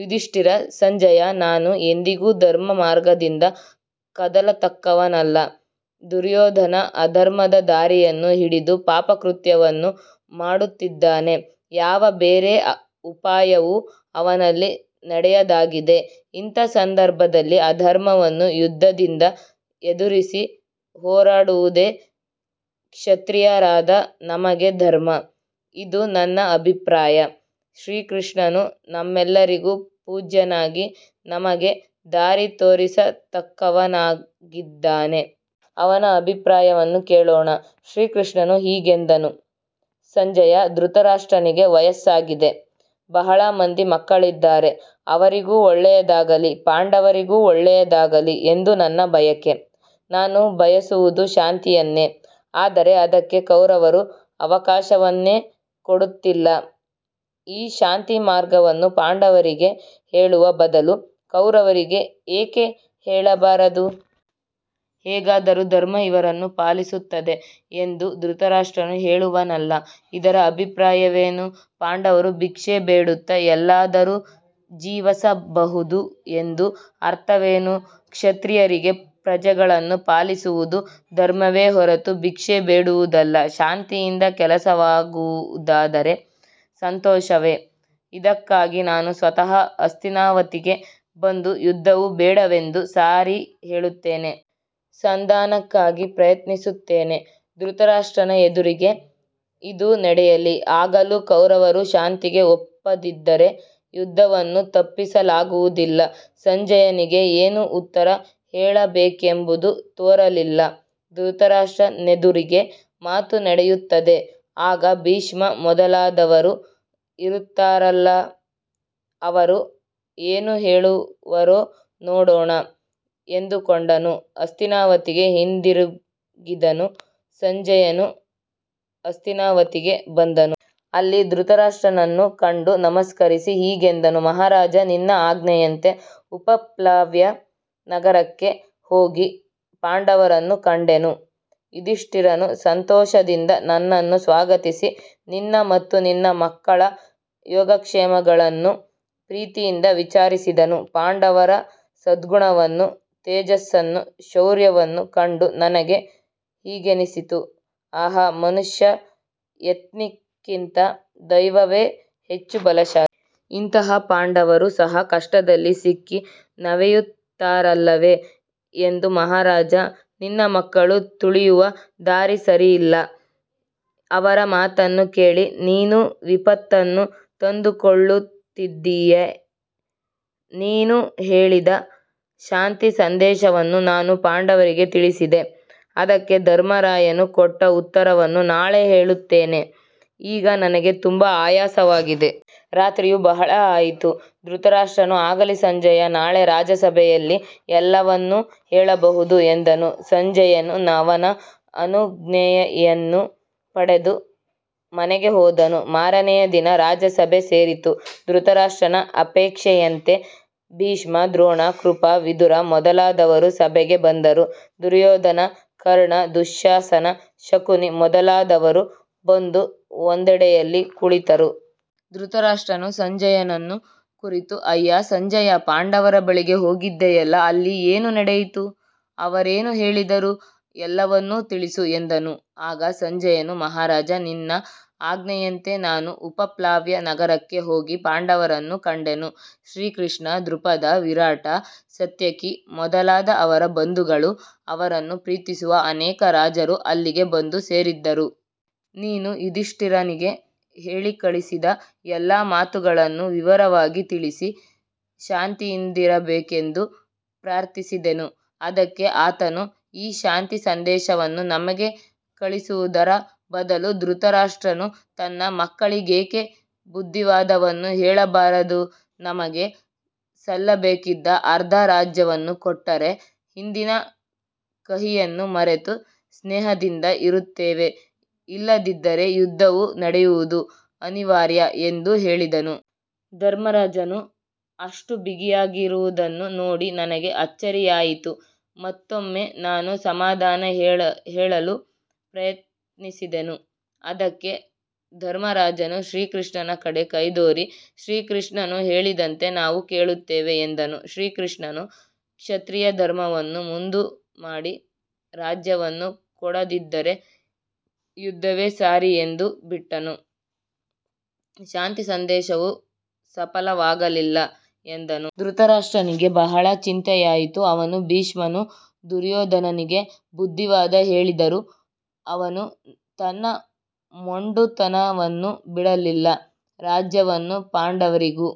ಯುಧಿಷ್ಠಿರ: ಸಂಜಯ, ನಾನು ಎಂದಿಗೂ ಧರ್ಮಮಾರ್ಗದಿಂದ ಕದಲತಕ್ಕವನಲ್ಲ. ದುರ್ಯೋಧನ ಅಧರ್ಮದ ದಾರಿಯನ್ನು ಹಿಡಿದು ಪಾಪಕೃತ್ಯವನ್ನು ಮಾಡುತ್ತಿದ್ದಾನೆ. ಯಾವ ಬೇರೆ ಉಪಾಯವೂ ಅವನಲ್ಲಿ ನಡೆಯದಾಗಿದೆ. ಇಂಥ ಸಂದರ್ಭದಲ್ಲಿ ಅಧರ್ಮವನ್ನು ಯುದ್ಧದಿಂದ ಎದುರಿಸಿ ಹೋರಾಡುವುದೇ ಕ್ಷತ್ರಿಯರಾದ ನಮಗೆ ಧರ್ಮ. ಇದು ನನ್ನ ಅಭಿಪ್ರಾಯ. ಶ್ರೀಕೃಷ್ಣನು ನಮ್ಮೆಲ್ಲರಿಗೂ ಪೂಜ್ಯನಾಗಿ ನಮಗೆ ದಾರಿ ತೋರಿಸತಕ್ಕವನಾಗಿದ್ದಾನೆ. ಅವನ ಅಭಿಪ್ರಾಯವನ್ನು ಕೇಳೋಣ. ಶ್ರೀಕೃಷ್ಣನು ಹೀಗೆಂದನು ಸಂಜಯ, ಧೃತರಾಷ್ಟ್ರನಿಗೆ ವಯಸ್ಸಾಗಿದೆ. ಬಹಳ ಮಂದಿ ಮಕ್ಕಳಿದ್ದಾರೆ. ಅವರಿಗೂ ಒಳ್ಳೆಯದಾಗಲಿ, ಪಾಂಡವರಿಗೂ ಒಳ್ಳೆಯದಾಗಲಿ ಎಂದು ನನ್ನ ಬಯಕೆ. ನಾನು ಬಯಸುವುದು ಶಾಂತಿಯನ್ನೇ. ಆದರೆ ಅದಕ್ಕೆ ಕೌರವರು ಅವಕಾಶವನ್ನೇ ಕೊಡುತ್ತಿಲ್ಲ. ಈ ಶಾಂತಿಮಾರ್ಗವನ್ನು ಪಾಂಡವರಿಗೆ ಹೇಳುವ ಬದಲು ಕೌರವರಿಗೆ ಏಕೆ ಹೇಳಬಾರದು? ಹೇಗಾದರೂ ಧರ್ಮ ಇವರನ್ನು ಪಾಲಿಸುತ್ತದೆ. ಎಂದು ಧೃತರಾಷ್ಟ್ರನು ಹೇಳುವನಲ್ಲ, ಇದರ ಅಭಿಪ್ರಾಯವೇನು? ಪಾಂಡವರು ಭಿಕ್ಷೆ ಬೇಡುತ್ತ ಎಲ್ಲಾದರೂ ಜೀವಸಬಹುದು ಎಂದು ಅರ್ಥವೇನು? ಕ್ಷತ್ರಿಯರಿಗೆ ಪ್ರಜೆಗಳನ್ನು ಪಾಲಿಸುವುದು ಧರ್ಮವೇ ಹೊರತು ಭಿಕ್ಷೆ ಬೇಡುವುದಲ್ಲ. ಶಾಂತಿಯಿಂದ ಕೆಲಸವಾಗುವುದಾದರೆ ಸಂತೋಷವೇ. ಇದಕ್ಕಾಗಿ ನಾನು ಸ್ವತಃ ಹಸ್ತಿನಾವತಿಗೆ ಬಂದು ಯುದ್ಧವು ಬೇಡವೆಂದು ಸಾರಿ ಹೇಳುತ್ತೇನೆ. ಸಂಧಾನಕ್ಕಾಗಿ ಪ್ರಯತ್ನಿಸುತ್ತೇನೆ. ಧೃತರಾಷ್ಟ್ರನ ಎದುರಿಗೇ ಇದು ನಡೆಯಲಿ. ಆಗಲೂ ಕೌರವರು ಶಾಂತಿಗೆ ಒಪ್ಪದಿದ್ದರೆ ಯುದ್ಧವನ್ನು ತಪ್ಪಿಸಲಾಗುವುದಿಲ್ಲ. ಸಂಜಯನಿಗೆ ಏನು ಉತ್ತರ ಹೇಳಬೇಕೆಂಬುದು ತೋರಲಿಲ್ಲ. 'ಧೃತರಾಷ್ಟ್ರನೆದುರಿಗೆ ಮಾತು ನಡೆಯುತ್ತದೆ. ಆಗ ಭೀಷ್ಮ ಮೊದಲಾದವರು ಇರುತ್ತಾರಲ್ಲ, ಅವರು ಏನು ಹೇಳವರೋ ನೋಡೋಣ'- ಎಂದುಕೊಂಡನು. ಹಸ್ತಿನಾವತಿಗೆ ಹಿಂದಿರುಗಿದನು. ಸಂಜಯನು ಹಸ್ತಿನಾವತಿಗೆ ಬಂದನು. ಅಲ್ಲಿ ಧೃತರಾಷ್ಟ್ರನನ್ನು ಕಂಡು ನಮಸ್ಕರಿಸಿ ಹೀಗೆಂದನು. "ಮಹಾರಾಜ, ನಿನ್ನ ಆಜ್ಞೆಯಂತೆ ಉಪಪ್ಲವ್ಯ ನಗರಕ್ಕೆ ಹೋಗಿ ಪಾಂಡವರನ್ನು ಕಂಡೆನು. ಯುಧಿಷ್ಠಿರನು ಸಂತೋಷದಿಂದ ನನ್ನನ್ನು ಸ್ವಾಗತಿಸಿ ನಿನ್ನ ಮತ್ತು ನಿನ್ನ ಮಕ್ಕಳ ಯೋಗಕ್ಷೇಮಗಳನ್ನು ಪ್ರೀತಿಯಿಂದ ವಿಚಾರಿಸಿದನು. ಪಾಂಡವರ ಸದ್ಗುಣವನ್ನೂ ತೇಜಸ್ಸನ್ನೂ ಶೌರ್ಯವನ್ನೂ ಕಂಡು ನನಗೆ ಹೀಗೆನ್ನಿಸಿತು: 'ಆಹಾ! ಮನುಷ್ಯ ಯತ್ನಿಕ್ಕಿಂತ ದೈವವೇ ಹೆಚ್ಚು ಬಲಶಾಲಿ. ಇಂತಹ ಪಾಂಡವರೂ ಸಹ ಕಷ್ಟದಲ್ಲಿ ಸಿಕ್ಕಿ ನವೆಯುತ್ತಾರಲ್ಲವೆ' ಎಂದು ಮಹಾರಾಜ, ನಿನ್ನ ಮಕ್ಕಳು ತುಳಿಯುವ ದಾರಿ ಸರಿಯಲ್ಲ. ಅವರ ಮಾತನ್ನು ಕೇಳಿ ನೀನು ವಿಪತ್ತನ್ನು ತಂದುಕೊಳ್ಳುತ್ತಿದ್ದೀಯೆ. ನೀನು ಹೇಳಿದ ಶಾಂತಿ ಸಂದೇಶವನ್ನು ನಾನು ಪಾಂಡವರಿಗೆ ತಿಳಿಸಿದೆ. ಅದಕ್ಕೆ ಧರ್ಮರಾಯನು ಕೊಟ್ಟ ಉತ್ತರವನ್ನು ನಾಳೆ ತಿಳಿಸುತ್ತೇನೆ. ಈಗ ನನಗೆ ತುಂಬ ಆಯಾಸವಾಗಿದೆ. ರಾತ್ರಿಯೂ ಬಹಳ ಆಯಿತು". ಧೃತರಾಷ್ಟ್ರನು 'ಆಗಲಿ ಸಂಜಯ, ನಾಳೆ ರಾಜಸಭೆಯಲ್ಲಿ ಎಲ್ಲವನ್ನೂ ಹೇಳಬಹುದು' ಎಂದನು. ಸಂಜಯನು ಅವನ ಅನುಜ್ಞೆಯನ್ನು ಪಡೆದು ಮನೆಗೆ ಹೋದನು. ಮಾರನೆಯ ದಿನ ರಾಜಸಭೆ ಸೇರಿತು. ಧೃತರಾಷ್ಟ್ರನ ಅಪೇಕ್ಷೆಯಂತೆ ಭೀಷ್ಮ, ದ್ರೋಣ, ಕೃಪ, ವಿದುರ ಮೊದಲಾದವರು ಸಭೆಗೆ ಬಂದರು. ದುರ್ಯೋಧನ, ಕರ್ಣ, ದುಶ್ಯಾಸನ, ಶಕುನಿ ಮೊದಲಾದವರೂ ಬಂದು ಒಂದೆಡೆಯಲ್ಲಿ ಕುಳಿತರು. ಧೃತರಾಷ್ಟ್ರನು ಸಂಜಯನನ್ನು ಕುರಿತು "ಅಯ್ಯಾ ಸಂಜಯ, ಪಾಂಡವರ ಬಳಿಗೆ ಹೋಗಿದ್ದೆಯಲ್ಲ, ಅಲ್ಲಿ ಏನು ನಡೆಯಿತು? ಅವರೇನು ಹೇಳಿದರು ಎಲ್ಲವನ್ನೂ ತಿಳಿಸು" ಎಂದನು. ಆಗ ಸಂಜಯನು, "ಮಹಾರಾಜ, ನಿನ್ನ ಆಜ್ಞೆಯಂತೆ ನಾನು ಉಪಪ್ಲವ್ಯ ನಗರಕ್ಕೆ ಹೋಗಿ ಪಾಂಡವರನ್ನು ಕಂಡೆನು. ಶ್ರೀಕೃಷ್ಣ, ದ್ರುಪದ, ವಿರಾಟ, ಸಾತ್ಯಕಿ-ಮೊದಲಾದ ಅವರ ಬಂಧುಗಳೂ ಅವರನ್ನು ಪ್ರೀತಿಸುವ ಅನೇಕ ರಾಜರೂ ಅಲ್ಲಿಗೆ ಬಂದು ಸೇರಿದ್ದರು. ನೀನು ಯುಧಿಷ್ಠಿರನಿಗೆ ಹೇಳಿಕಳಿಸಿದ ಎಲ್ಲ ಮಾತುಗಳನ್ನೂ ವಿವರವಾಗಿ ತಿಳಿಸಿ ಶಾಂತಿಯಿಂದಿರಬೇಕೆಂದು ಪ್ರಾರ್ಥಿಸಿದೆನು. ಅದಕ್ಕೆ ಆತನು ಈ ಶಾಂತಿಸಂದೇಶವನ್ನು ನಮಗೆ ಕಳಿಸುವುದರ ಬದಲು ಧೃತರಾಷ್ಟ್ರನು ತನ್ನ ಮಕ್ಕಳಿಗೇಕೆ ಬುದ್ಧಿವಾದವನ್ನು ಹೇಳಬಾರದು. ನಮಗೆ ಸಲ್ಲಬೇಕಿದ್ದ ಅರ್ಧ ರಾಜ್ಯವನ್ನು ಕೊಟ್ಟರೆ, ಹಿಂದಿನ ಕಹಿಯನ್ನು ಮರೆತು ಸ್ನೇಹದಿಂದ ಇರುತ್ತೇವೆ. ಇಲ್ಲದಿದ್ದರೆ ಯುದ್ಧವು ನಡೆಯುವುದು ಅನಿವಾರ್ಯ ಎಂದು ಹೇಳಿದನು. ಧರ್ಮರಾಜನು ಅಷ್ಟು ಬಿಗಿಯಾಗಿರುವುದನ್ನು ನೋಡಿ ನನಗೆ ಅಚ್ಚರಿಯಾಯಿತು. ಮತ್ತೊಮ್ಮೆ ನಾನು ಸಮಾಧಾನ ಹೇಳಲು ಯತ್ನಿಸಿದೆನು. ಅದಕ್ಕೆ ಧರ್ಮರಾಜನು ಶ್ರೀಕೃಷ್ಣನ ಕಡೆ ಕೈದೋರಿ ಶ್ರೀಕೃಷ್ಣನು ಹೇಳಿದಂತೆ ನಾವು ಕೇಳುತ್ತೇವೆ ಎಂದನು. ಶ್ರೀಕೃಷ್ಣನು ಕ್ಷತ್ರಿಯ ಧರ್ಮವನ್ನು ಮುಂದುಮಾಡಿ ರಾಜ್ಯವನ್ನು ಕೊಡದಿದ್ದರೆ ಯುದ್ಧವೇ ಸರಿ ಎಂದು ಬಿಟ್ಟನು. ಶಾಂತಿಸಂದೇಶವು ಸಫಲವಾಗಲಿಲ್ಲ" ಎಂದನು. ಧೃತರಾಷ್ಟ್ರನಿಗೆ ಬಹಳ ಚಿಂತೆಯಾಯಿತು. ಅವನೂ ಭೀಷ್ಮನೂ ದುರ್ಯೋಧನನಿಗೆ ಬುದ್ಧಿವಾದ ಹೇಳಿದರು. ಅವನು ತನ್ನ ಮೊಂಡುತನವನ್ನು ಬಿಡಲಿಲ್ಲ. ರಾಜ್ಯವನ್ನು ಪಾಂಡವರಿಗೂ